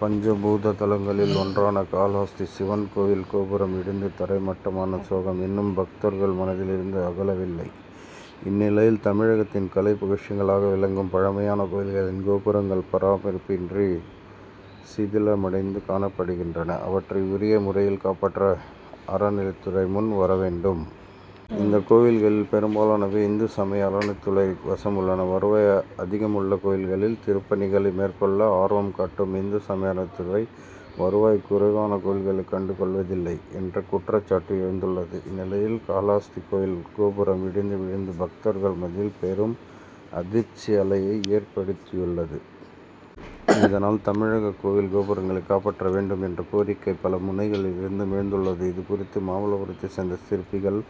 பஞ்ச பூத தலங்களில் ஒன்றான காளஹஸ்தி சிவன் கோவில் கோபுரம் இடிந்து தரை மட்டமான சோகம் இன்னும் பக்தர்கள் மனதில் இருந்து அகலவில்லை. இந்நிலையில் தமிழகத்தின் கலை பொக்கிஷங்களாக விளங்கும் பழமையான கோவில்களின் கோபுரங்கள் பராமரிப்பின்றி சிதிலமடைந்து காணப்படுகின்றன. அவற்றை உரிய முறையில் காப்பாற்ற அறநிலையத்துறை முன் வரவேண்டும். இந்த கோவில்களில் பெரும்பாலானவை இந்து சமய அறநிலையத்துறை வசம் உள்ளன. வருவாய் அதிகமுள்ள கோவில்களில் திருப்பணிகளை மேற்கொள்ள ஆர்வம் காட்டும் இந்து சமய அறநிலையத்துறை வருவாய் குறைவான கோவில்களை கண்டு கொள்வதில்லை என்ற குற்றச்சாட்டு எழுந்துள்ளது. இந்நிலையில் காளஹஸ்தி கோவில் கோபுரம் இடிந்து விழுந்தது பக்தர்கள் மத்தியில் பெரும் அதிர்ச்சி அலையை ஏற்படுத்தியுள்ளது. இதனால் தமிழக கோவில் கோபுரங்களை காப்பாற்ற வேண்டும் என்ற கோரிக்கை பல முனைகளில் இருந்தும் எழுந்துள்ளது. இது குறித்து மாமல்லபுரத்தை சேர்ந்த சிற்பிகள்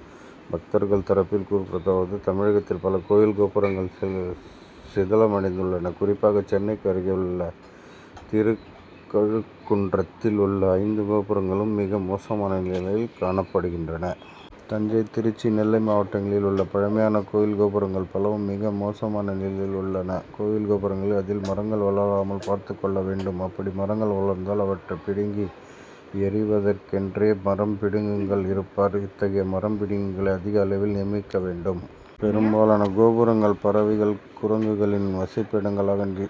பக்தர்கள் தரப்பில் கூறப்படுவதாவது: தமிழகத்தில் பல கோவில் கோபுரங்கள் சிதலமடைந்துள்ளன. குறிப்பாக சென்னைக்கு அருகே உள்ள திருக்கழுக்குன்றத்தில் உள்ள ஐந்து கோபுரங்களும் மிக மோசமான நிலையில் காணப்படுகின்றன. தஞ்சை திருச்சி நெல்லை மாவட்டங்களில் உள்ள பழமையான கோவில் கோபுரங்கள் பலவும் மிக மோசமான நிலையில் உள்ளன. கோவில் கோபுரங்களில் அதில் மரங்கள் வளராமல் பார்த்துக் கொள்ள வேண்டும். அப்படி மரங்கள் வளர்ந்தால் அவற்றை பிடுங்கி எறிவதெற்கென்றே மரம் பிடுங்கிகள்' இருப்பர். இத்தகைய மரம் பிடிங்கிகளை' அதிக அளவில் நியமிக்க வேண்டும். பெரும்பாலான கோபுரங்கள் பறவைகள் குரங்குகளின் வசிப்பிடங்களாக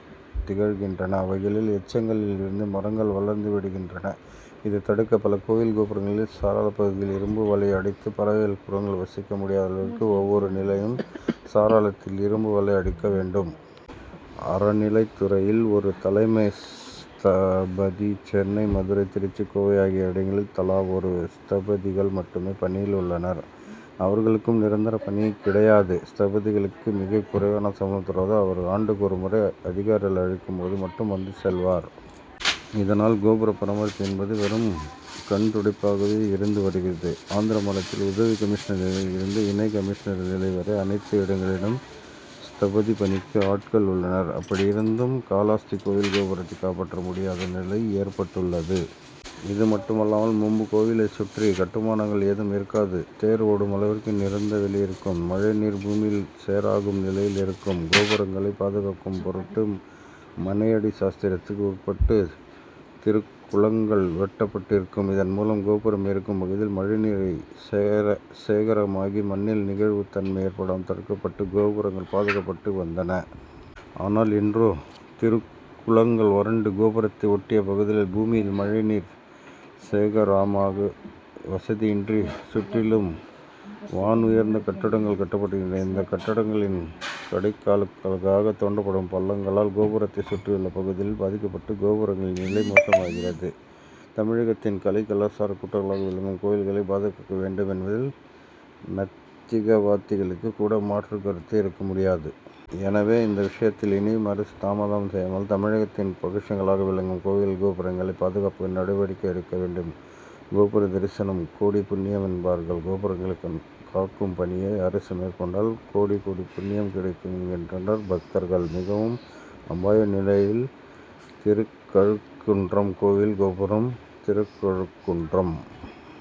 திகழ்கின்றன. அவைகளின் எச்சங்களில் இருந்து மரங்கள் வளர்ந்து விடுகின்றன. இதை தடுக்க பல கோவில் கோபுரங்களில் சாளரப் பகுதியில் இரும்பு வலை அடித்து பறவைகள் குரங்குகள் வசிக்க முடியாத அளவிற்கு ஒவ்வொரு நிலையிலும் சாளரத்தில் இரும்பு வலை அடிக்க வேண்டும். அறநிலையத்துறையில் ஒரு தலைமை ஸ்தபதி சென்னை மதுரை திருச்சி கோவை ஆகிய இடங்களில் தலா ஒரு ஸ்தபதிகள் மட்டுமே பணியில் உள்ளனர். அவர்களுக்கும் நிரந்தர பணி கிடையாது. ஸ்தபதிகளுக்கு மிக குறைவான சம்பளம் தருவதால் அவர்கள் ஆண்டுக்கு ஒரு முறை அதிகாரிகள் அழைக்கும் போது மட்டும் வந்து செல்வர். இதனால் கோபுர பராமரிப்பு என்பது வெறும் கண்துடைப்பாகவே இருந்து வருகிறது. ஆந்திர மாநிலத்தில் உதவி கமிஷனர் நிலையில் இருந்து இணை கமிஷனர் நிலை வரை அனைத்து இடங்களிலும் ஸ்தபதி பணிக்கு ஆட்கள் உள்ளனர். அப்படி இருந்தும் காளஹஸ்தி கோவில் கோபுரத்தை காப்பாற்ற முடியாத நிலை ஏற்பட்டுள்ளது. இது மட்டுமல்லாமல் முன்பு கோவிலை சுற்றி கட்டுமானங்கள் ஏதும் இருக்காது. தேர் ஓடும் அளவிற்கு திறந்த வெளி இருக்கும். மழை நீர் பூமியில் சேகரமாகும் நிலையில் இருக்கும். கோபுரங்களை பாதுகாக்கும் பொருட்டு மனையடி சாஸ்திரத்திற்கு உட்பட்டு திருக்குளங்கள் வெட்டப்பட்டிருக்கும். இதன் மூலம் கோபுரம் இருக்கும் பகுதியில் மழை நீர் சேகரமாகி மண்ணில் நெகிழ்வு தன்மை ஏற்படாமல் தடுக்கப்பட்டு கோபுரங்கள் பாதுகாக்கப்பட்டு வந்தன. ஆனால் இன்றோ திருக்குளங்கள் வறண்டு கோபுரத்தை ஒட்டிய பகுதிகளில் பூமியில் மழை நீர் சேகரமாக வசதியின்றி சுற்றிலும் வானூயர்ந்த கட்டடங்கள் கட்டப்படுகின்றன. இந்த கட்டடங்களின் கடைக்காலுக்காக தோண்டப்படும் பள்ளங்களால் கோபுரத்தை சுற்றியுள்ள பகுதிகள் பாதிக்கப்பட்டு கோபுரங்களின் நிலை மோசமாகிறது. தமிழகத்தின் கலை கலாசார கூடங்களாக விளங்கும் கோவில்களை பாதுகாக்க வேண்டும் என்பதில் நாத்திகவாதிகளுக்கு கூட மாற்று கருத்து இருக்க முடியாது. எனவே இந்த விஷயத்தில் இனியும் அரசு தாமதம் செய்யாமல் தமிழகத்தின் பொக்கிஷங்களாக விளங்கும் கோவில் கோபுரங்களை பாதுகாக்க நடவடிக்கை எடுக்க வேண்டும். கோபுர தரிசனம்; கோடி புண்ணியம்' என்பார்கள். கோபுரங்களை காக்கும் பணியை அரசு மேற்கொண்டால் கோடி கோடி புண்ணியம் கிடைக்கும் என்கின்றனர் பக்தர்கள். மிகவும் அபாய நிலையில் திருக்கழுக்குன்றம் கோவில் கோபுரம்: திருக்கழுக்குன்றம்